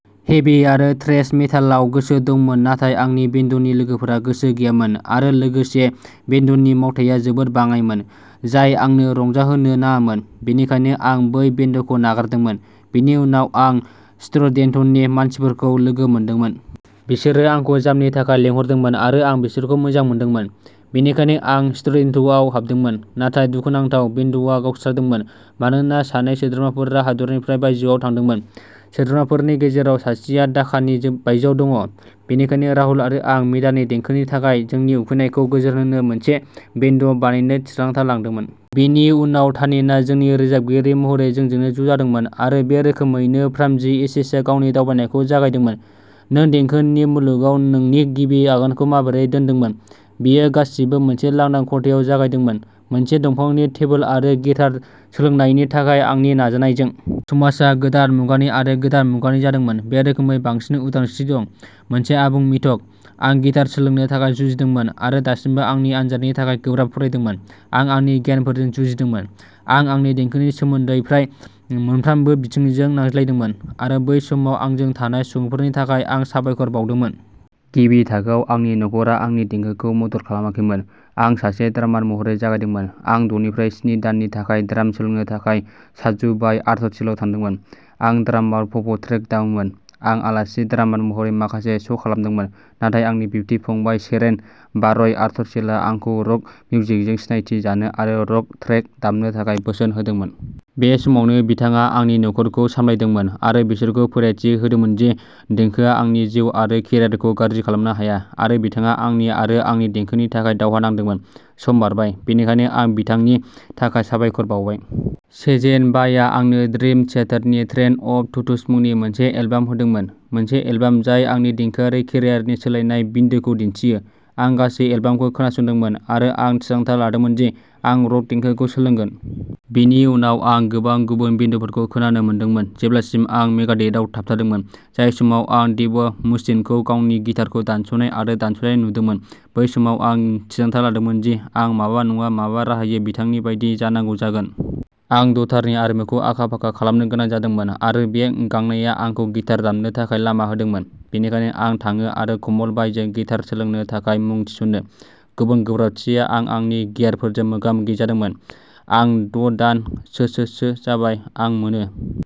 हेभि आरो थ्रेश मेटालआव गोसो दंमोन नाथाय आंनि बेन्डनि लोगोफोरा गोसो गैयामोन, आरो लोगोसे, बेन्डनि मावथाया जोबोद बाङाइमोन, जाय आंनो रंजाहोनाय नङामोन। बेनिखायनो, आं बै बेन्डखौ नागारदोंमोन। बेनि उनाव, आं स्ट्रिडेन्टनि मानसिफोरखौ लोगो मोनदोंमोन। बिसोरो आंखौ जामनि थाखाय लिंहरदोंमोन, आरो आं बेखौ मोजां मोनदोंमोन। बेनिखायनो, आं स्ट्रिडेन्टआव हाबदोंमोन, नाथाय दुखुनांथावै बेन्डआ गावस्रादोंमोन मानोना सानै सोद्रोमाफोरा हादोरनिफ्राय बायजोआव थांदोंमोन। सोद्रोमाफोरनि गेजेराव सासेआ ढाकानि बायजोआव दं। बेनिखायनो, राहुल आरो आं मेटाल देंखोनि थाखाय जोंनि उखैनायखौ गोजोनहोनो मोनसे बेन्ड बानायनो थिरांथा लादोंमोन। बेनि उनाव तानिनआ जोंनि रोजाबगिरि महरै जोंजों ज'जादोंमोन आरो बे रोखोमैनो फ्रम दि एशेसआ गावनि दावबायनायखौ जागायदोंमोन। नों देंखोनि मुलुगाव नोंनि गिबि आगानखौ माबोरै दोनदोंमोन? बेयो गासिबो मोनसे लांदां खथायाव जागायदोंमोन, मोनसे दंफांनि टेबोल आरो गिटार सोलोंनायनि थाखाय आंनि नाजानायजों। "समाजआ गोदान मुगानि आरो गोदान मुगानि जादोंमोन। बे रोखोमै बांसिन उदांस्रि दं ", मोनसे आबुं मिथक। आं गिटार सोलोंनो थाखाय जुजिदोंमोन आरो दासिमबो आंनि आनजादनि थाखाय गोब्राब फरायदोंमोन। आं आंनि गियारफोरजों जुजिदोंमोन। आं आंनि देंखोनि सोमोन्दै फ्राय मोनफ्रोमबो बिथिंफोरजों नांलायदोंमोन आरो बै समाव आंजों थानाय सुबुंफोरनि थाखाय आं साबायखर बावदोंमोन। गिबि थाखोआव, आंनि नखरा आंनि देंखोखौ मदद खालामाखैमोन। आं सासे ड्रामार महरै जागायदोंमोन। आं द'निफ्राय स्नि दाननि थाखाय ड्राम सोलोंनो थाखाय शाजु भाइ आर्टसेल आव थांदोंमोन। आं ड्रामाव पप ट्रेक दामोमोन। आं आलासि ड्रामार महरै माखासे श'खालामदोंमोन नाथाय आंनि बिबथै फंबाय, सेजेन भाई आर्टसेल आ आंखौ रक मिउजिकजों सिनायथि जानो आरो रक ट्रेक दामनो थाखाय बोसोन होदोंमोन। बे समावनो, बिथाङा आंनि नखरखौ सामलायदोंमोन आरो बिसोरखौ फोथायथि होदोंमोन दि देंखोआ आंनि जिउ आरो केरियारखौ गाज्रि खालामनो हाया आरो बिथाङा आंनि आरो आंनि देंखोनि थाखाय दावहा नांदोंमोन। सम बारबाय। बेनिखायनो, आं बिथांनि थाखाय साबायखर बावबाय। सेजेन भायआ आंनो ड्रिम थियेटारनि "ट्रेन अफ थट्स" मुंनि मोनसे एलबाम होदोंमोन-मोनसे एलबाम जाय आंनि देंखोआरि केरियारनि सोलायनाय बिन्दोखौ दिन्थियो। आं गासै एलबामखौ खोनादोंमोन आरो आं थिरांथा लादोंमोन दि आं रक देंखोखौ सोलोंगोन। बेनि उनाव आं गोबां गुबुन बेन्डफोरखौ खोनानो मोनदोंमोन जेब्लासिम आं मेगाडेथआव थाबथादोंमोन। जाय समाव आं डेभ मुस्टेनखौ गावनि गिटारखौ दानस'नाय आरो दानस'नाय नुदोंमोन, बै समाव आं थिरांथा लादोंमोन दि आं माबा नङा माबा राहायै बिथांनि बायदि जानांगौ जागोन। आं द'तारनि आरिमुखौ आखा-फाखा खालामनो गोनां जादोंमोन, आरो बे गांनाया आंखौ गिटार दामनो थाखाय लामा होदोंमोन। बेनिखायनो, आं थाङो आरो कमल भायजों गिटार सोलोंनो थाखाय मुं थिसनो। गुबुन गोब्राबथिया आं आंनि गियारफोरजों मोगा-मोगि जादोंमोन। आं द'दानसोसोसो जाबाय। आं मोनो।